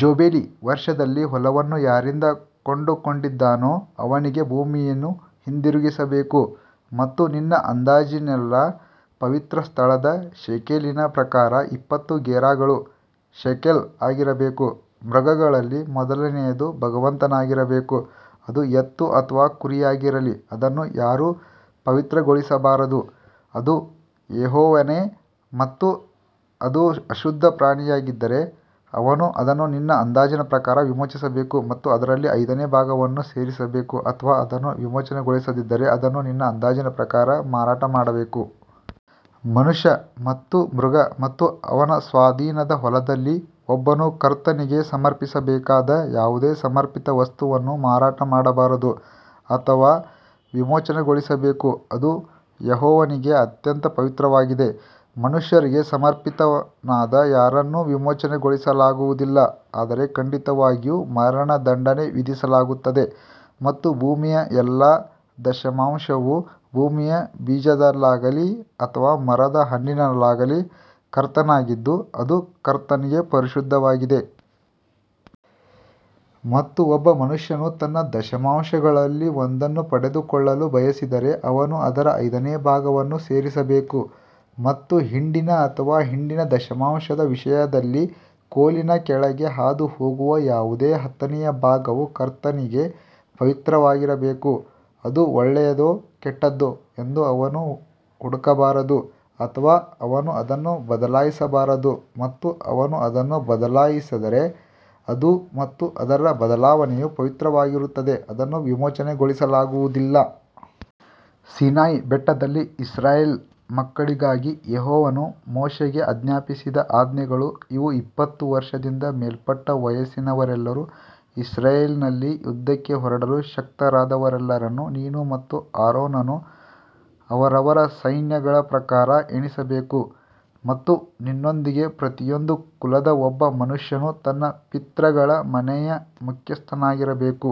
Jubilee ವರ್ಷದಲ್ಲಿ ಹೊಲವನ್ನು ಯಾರಿಂದ ಕೊಂಡುಕೊಂಡಿದ್ದಾನೋ ಅವನಿಗೇ ಭೂಮಿಯನ್ನು ಹಿಂದಿರುಗಿಸಬೇಕು. ಮತ್ತು ನಿನ್ನ ಅಂದಾಜಿನೆಲ್ಲಾ ಪವಿತ್ರಸ್ಥಳದ ಶೇಕೆಲಿನ ಪ್ರಕಾರ ಇಪ್ಪತ್ತು ಗೆರಾಗಳು ಶೇಕೆಲ್ ಆಗಿರಬೇಕು. ಮೃಗಗಳಲ್ಲಿ ಮೊದಲನೆಯದು ಭಗವಂತನಾಗಿರಬೇಕು ಅದು ಎತ್ತು ಅಥವಾ ಕುರಿಯಾಗಿರಲಿ ಅದನ್ನು ಯಾರೂ ಪವಿತ್ರಗೊಳಿಸಬಾರದು ಅದು ಯೆಹೋವನೇ. ಮತ್ತು ಅದು ಅಶುದ್ಧ ಪ್ರಾಣಿಯಾಗಿದ್ದರೆ ಅವನು ಅದನ್ನು ನಿನ್ನ ಅಂದಾಜಿನ ಪ್ರಕಾರ ವಿಮೋಚಿಸಬೇಕು ಮತ್ತು ಅದರಲ್ಲಿ ಐದನೇ ಭಾಗವನ್ನು ಸೇರಿಸಬೇಕು ಅಥವಾ ಅದನ್ನು ವಿಮೋಚನೆಗೊಳಿಸದಿದ್ದರೆ ಅದನ್ನು ನಿನ್ನ ಅಂದಾಜಿನ ಪ್ರಕಾರ ಮಾರಾಟ ಮಾಡಬೇಕು. ಮನುಷ್ಯ ಮತ್ತು ಮೃಗ ಮತ್ತು ಅವನ ಸ್ವಾಧೀನದ ಹೊಲದಲ್ಲಿ ಒಬ್ಬನು ಕರ್ತನಿಗೆ ಸಮರ್ಪಿಸಬೇಕಾದ ಯಾವುದೇ ಸಮರ್ಪಿತ ವಸ್ತುವನ್ನು ಮಾರಾಟ ಮಾಡಬಾರದು ಅಥವಾ ವಿಮೋಚನೆಗೊಳಿಸಬೇಕು ಅದು ಯೆಹೋವನಿಗೆ ಅತ್ಯಂತ ಪವಿತ್ರವಾಗಿದೆ. ಮನುಷ್ಯರಿಗೆ ಸಮರ್ಪಿತನಾದ ಯಾರನ್ನೂ ವಿಮೋಚನೆಗೊಳಿಸಲಾಗುವುದಿಲ್ಲ ಆದರೆ ಖಂಡಿತವಾಗಿಯೂ ಮರಣದಂಡನೆ ವಿಧಿಸಲಾಗುತ್ತದೆ ಮತ್ತು ಭೂಮಿಯ ಎಲ್ಲಾ ದಶಮಾಂಶವು ಭೂಮಿಯ ಬೀಜದಲ್ಲಾಗಲಿ ಅಥವಾ ಮರದ ಹಣ್ಣಿನಲ್ಲಾಗಲಿ ಕರ್ತನಾಗಿದ್ದು ಅದು ಕರ್ತನಿಗೆ ಪರಿಶುದ್ಧವಾಗಿದೆ. ಮತ್ತು ಒಬ್ಬ ಮನುಷ್ಯನು ತನ್ನ ದಶಮಾಂಶಗಳಲ್ಲಿ ಒಂದನ್ನು ಪಡೆದುಕೊಳ್ಳಲು ಬಯಸಿದರೆ ಅವನು ಅದರ ಐದನೇ ಭಾಗವನ್ನು ಸೇರಿಸಬೇಕು. ಮತ್ತು ಹಿಂಡಿನ ಅಥವಾ ಹಿಂಡಿನ ದಶಮಾಂಶದ ವಿಷಯದಲ್ಲಿ, ಕೋಲಿನ ಕೆಳಗೆ ಹಾದುಹೋಗುವ ಯಾವುದೇ ಹತ್ತನೆಯ ಭಾಗವು ಕರ್ತನಿಗೆ ಪವಿತ್ರವಾಗಿರಬೇಕು. ಅದು ಒಳ್ಳೆಯದೋ ಕೆಟ್ಟದ್ದೋ ಎಂದು ಅವನು ಹುಡುಕಬಾರದು ಅಥವಾ ಅವನು ಅದನ್ನು ಬದಲಾಯಿಸಬಾರದು ಮತ್ತು ಅವನು ಅದನ್ನು ಬದಲಾಯಿಸಿದರೆ ಅದು ಮತ್ತು ಅದರ ಬದಲಾವಣೆಯು ಪವಿತ್ರವಾಗಿರುತ್ತದೆ ಅದನ್ನು ವಿಮೋಚನೆಗೊಳಿಸಲಾಗುವುದಿಲ್ಲ. ಸೀನಾಯಿ ಬೆಟ್ಟದಲ್ಲಿ ಇಸ್ರಾಯೇಲ್ ಮಕ್ಕಳಿಗಾಗಿ ಯೆಹೋವನು ಮೋಶೆಗೆ ಆಜ್ಞಾಪಿಸಿದ ಆಜ್ಞೆಗಳು ಇವು ಇಪ್ಪತ್ತು ವರ್ಷದಿಂದ ಮೇಲ್ಪಟ್ಟ ವಯಸ್ಸಿನವರೆಲ್ಲರೂ ಇಸ್ರಾಯೇಲಿನಲ್ಲಿ ಯುದ್ಧಕ್ಕೆ ಹೊರಡಲು ಶಕ್ತರಾದವರೆಲ್ಲರನ್ನು ನೀನು ಮತ್ತು ಆರೋನನು ಅವರವರ ಸೈನ್ಯಗಳ ಪ್ರಕಾರ ಎಣಿಸಬೇಕು. ಮತ್ತು ನಿಮ್ಮೊಂದಿಗೆ ಪ್ರತಿಯೊಂದು ಕುಲದ ಒಬ್ಬ ಮನುಷ್ಯನು ತನ್ನ ಪಿತೃಗಳ ಮನೆಯ ಮುಖ್ಯಸ್ಥನಾಗಿರಬೇಕು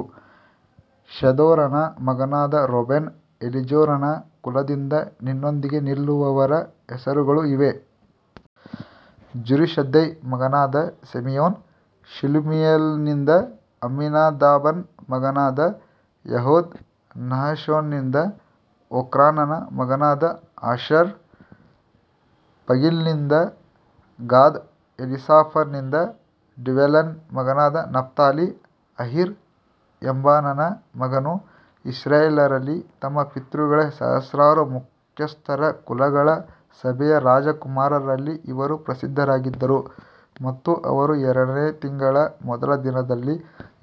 ಶೆದೂರನ ಮಗನಾದ ರೂಬೇನ್ ಎಲೀಜೂರನ ಕುಲದಿಂದ ನಿನ್ನೊಂದಿಗೆ ನಿಲ್ಲುವವರ ಹೆಸರುಗಳು ಇವೇ. ಜುರಿಶದ್ದೈಯ ಮಗನಾದ ಸಿಮಿಯೋನ್ ಶೆಲುಮಿಯೇಲನಿಂದ ಅಮ್ಮಿನದಾಬನ ಮಗನಾದ ಯೆಹೂದ ನಹಶೋನನಿಂದ ಓಕ್ರಾನನ ಮಗನಾದ ಆಶರ್ ಪಗೀಲ್ನಿಂದ ಗಾದ್ ಎಲೀಸಾಫನಿಂದ ಡ್ಯೂವೇಲನ ಮಗ ನಫ್ತಾಲಿ ಅಹೀರ ಎಂಬಾನನ ಮಗನು ಇಸ್ರಾಯೇಲ್ಯರಲ್ಲಿ ತಮ್ಮ ಪಿತೃಗಳ ಸಹಸ್ರಾರು ಮುಖ್ಯಸ್ಥರ ಕುಲಗಳ ಸಭೆಯ ರಾಜಕುಮಾರರಲ್ಲಿ ಇವರು ಪ್ರಸಿದ್ಧರಾಗಿದ್ದರು. ಮತ್ತು ಅವರು ಎರಡನೇ ತಿಂಗಳ ಮೊದಲ ದಿನದಲ್ಲಿ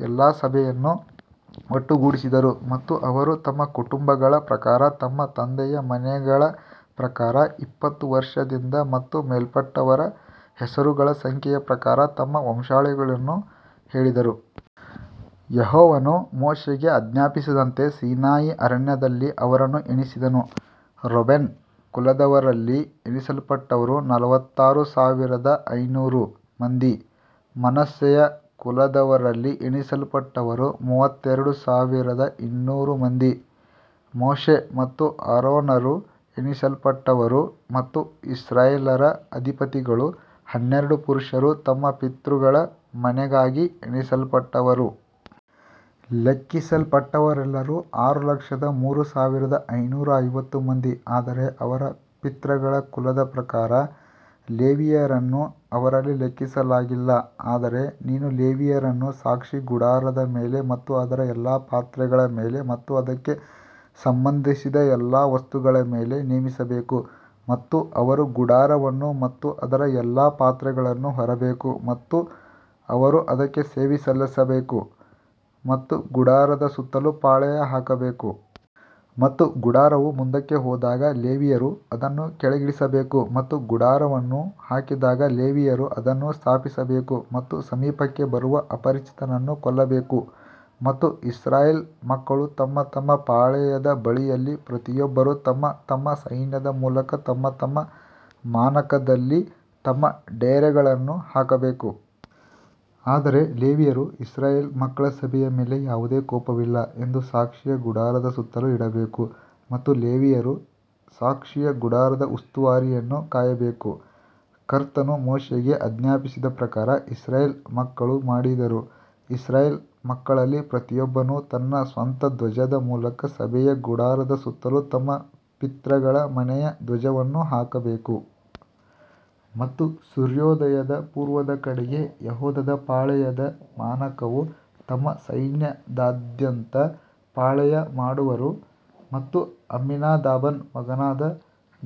ಎಲ್ಲಾ ಸಭೆಯನ್ನು ಒಟ್ಟುಗೂಡಿಸಿದರು ಮತ್ತು ಅವರು ತಮ್ಮ ಕುಟುಂಬಗಳ ಪ್ರಕಾರ ತಮ್ಮ ತಂದೆಯ ಮನೆಗಳ ಪ್ರಕಾರ ಇಪ್ಪತ್ತು ವರ್ಷದಿಂದ ಮತ್ತು ಮೇಲ್ಪಟ್ಟವರ ಹೆಸರುಗಳ ಸಂಖ್ಯೆಯ ಪ್ರಕಾರ ತಮ್ಮ ವಂಶಾವಳಿಗಳನ್ನು ಹೇಳಿದರು. ಯೆಹೋವನು ಮೋಶೆಗೆ ಆಜ್ಞಾಪಿಸಿದಂತೆ ಸೀನಾಯಿ ಅರಣ್ಯದಲ್ಲಿ ಅವರನ್ನು ಎಣಿಸಿದನು ರೂಬೇನ್ ಕುಲದವರಲ್ಲಿ ಎಣಿಸಲ್ಪಟ್ಟವರು ನಲವತ್ತಾರು ಸಾವಿರದ ಐನೂರು ಮಂದಿ ಮನಸ್ಸೆಯ ಕುಲದವರಲ್ಲಿ ಎಣಿಸಲ್ಪಟ್ಟವರು ಮೂವತ್ತೆರಡು ಸಾವಿರದ ಇನ್ನೂರು ಮಂದಿ ಮೋಶೆ ಮತ್ತು ಆರೋನರು ಎಣಿಸಲ್ಪಟ್ಟವರು ಮತ್ತು ಇಸ್ರಾಯೇಲ್ಯರ ಅಧಿಪತಿಗಳು ಹನ್ನೆರಡು ಪುರುಷರು ತಮ್ಮ ಪಿತೃಗಳ ಮನೆಗಾಗಿ ಎಣಿಸಲ್ಪಟ್ಟವರು. ಲೆಕ್ಕಿಸಲ್ಪಟ್ಟವರೆಲ್ಲರೂ ಆರು ಲಕ್ಷದ ಮೂರು ಸಾವಿರದ ಐನೂರ ಐವತ್ತು ಮಂದಿ ಆದರೆ ಅವರ ಪಿತೃಗಳ ಕುಲದ ಪ್ರಕಾರ ಲೇವಿಯರನ್ನು ಅವರಲ್ಲಿ ಲೆಕ್ಕಿಸಲಾಗಿಲ್ಲ ಆದರೆ ನೀನು ಲೇವಿಯರನ್ನು ಸಾಕ್ಷಿಗುಡಾರದ ಮೇಲೆ ಮತ್ತು ಅದರ ಎಲ್ಲಾ ಪಾತ್ರೆಗಳ ಮೇಲೆ ಮತ್ತು ಅದಕ್ಕೆ ಸಂಬಂಧಿಸಿದ ಎಲ್ಲಾ ವಸ್ತುಗಳ ಮೇಲೆ ನೇಮಿಸಬೇಕು ಮತ್ತು ಅವರು ಗುಡಾರವನ್ನು ಮತ್ತು ಅದರ ಎಲ್ಲಾ ಪಾತ್ರೆಗಳನ್ನು ಹೊರಬೇಕು ಮತ್ತು ಅವರು ಅದಕ್ಕೆ ಸೇವೆ ಸಲ್ಲಿಸಬೇಕು ಮತ್ತು ಗುಡಾರದ ಸುತ್ತಲೂ ಪಾಳೆಯ ಹಾಕಬೇಕು. ಮತ್ತು ಗುಡಾರವು ಮುಂದಕ್ಕೆ ಹೋದಾಗ ಲೇವಿಯರು ಅದನ್ನು ಕೆಳಗಿಳಿಸಬೇಕು ಮತ್ತು ಗುಡಾರವನ್ನು ಹಾಕಿದಾಗ ಲೇವಿಯರು ಅದನ್ನು ಸ್ಥಾಪಿಸಬೇಕು ಮತ್ತು ಸಮೀಪಕ್ಕೆ ಬರುವ ಅಪರಿಚಿತನನ್ನು ಕೊಲ್ಲಬೇಕು. ಮತ್ತು ಇಸ್ರಾಯೇಲ್ ಮಕ್ಕಳು ತಮ್ಮ ತಮ್ಮ ಪಾಳೆಯದ ಬಳಿಯಲ್ಲಿ ಪ್ರತಿಯೊಬ್ಬರು ತಮ್ಮ ತಮ್ಮ ಸೈನ್ಯದ ಮೂಲಕ ತಮ್ಮ ತಮ್ಮ ಮಾನಕದಲ್ಲಿ ತಮ್ಮ ಡೇರೆಗಳನ್ನು ಹಾಕಬೇಕು. ಆದರೆ ಲೇವಿಯರು ಇಸ್ರಾಯೇಲ್ ಮಕ್ಕಳ ಸಭೆಯ ಮೇಲೆ ಯಾವುದೇ ಕೋಪವಿಲ್ಲ ಎಂದು ಸಾಕ್ಷಿಯ ಗುಡಾರದ ಸುತ್ತಲೂ ಇಡಬೇಕು ಮತ್ತು ಲೇವಿಯರು ಸಾಕ್ಷಿಯ ಗುಡಾರದ ಉಸ್ತುವಾರಿಯನ್ನು ಕಾಯಬೇಕು. ಕರ್ತನು ಮೋಶೆಗೆ ಆಜ್ಞಾಪಿಸಿದ ಪ್ರಕಾರ ಇಸ್ರಾಯೇಲ್ ಮಕ್ಕಳು ಮಾಡಿದರು ಇಸ್ರಾಯೇಲ್ ಮಕ್ಕಳಲ್ಲಿ ಪ್ರತಿಯೊಬ್ಬನು ತನ್ನ ಸ್ವಂತ ಧ್ವಜದ ಮೂಲಕ ಸಭೆಯ ಗುಡಾರದ ಸುತ್ತಲೂ ತಮ್ಮ ಪಿತೃಗಳ ಮನೆಯ ಧ್ವಜವನ್ನು ಹಾಕಬೇಕು. ಮತ್ತು ಸೂರ್ಯೋದಯದ ಪೂರ್ವದ ಕಡೆಗೆ ಯೆಹೂದದ ಪಾಳೆಯದ ಮಾನಕವು ತಮ್ಮ ಸೈನ್ಯದಾದ್ಯಂತ ಪಾಳೆಯಮಾಡುವರು ಮತ್ತು ಅಮ್ಮಿನದಾಬನ ಮಗನಾದ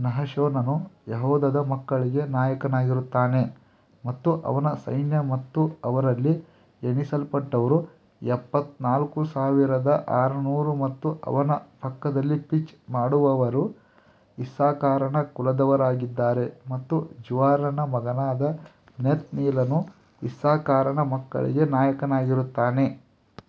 ನಹಶೋನನು ಯೆಹೂದದ ಮಕ್ಕಳಿಗೆ ನಾಯಕನಾಗಿರುತ್ತಾನೆ. ಮತ್ತು ಅವನ ಸೈನ್ಯ ಮತ್ತು ಅವರಲ್ಲಿ ಎಣಿಸಲ್ಪಟ್ಟವರು ಎಪ್ಪತ್ತನಾಲ್ಕು ಸಾವಿರದ ಆರುನೂರು ಮತ್ತು ಅವನ ಪಕ್ಕದಲ್ಲಿ ಪಿಚ್ ಮಾಡುವವರು ಇಸ್ಸಾಕಾರನ ಕುಲದವರಾಗಿದ್ದಾರೆ ಮತ್ತು ಜುವಾರನ ಮಗನಾದ ನೆತನೀಲನು ಇಸ್ಸಾಕಾರನ ಮಕ್ಕಳಿಗೆ ನಾಯಕನಾಗಿರುತ್ತಾನೆ.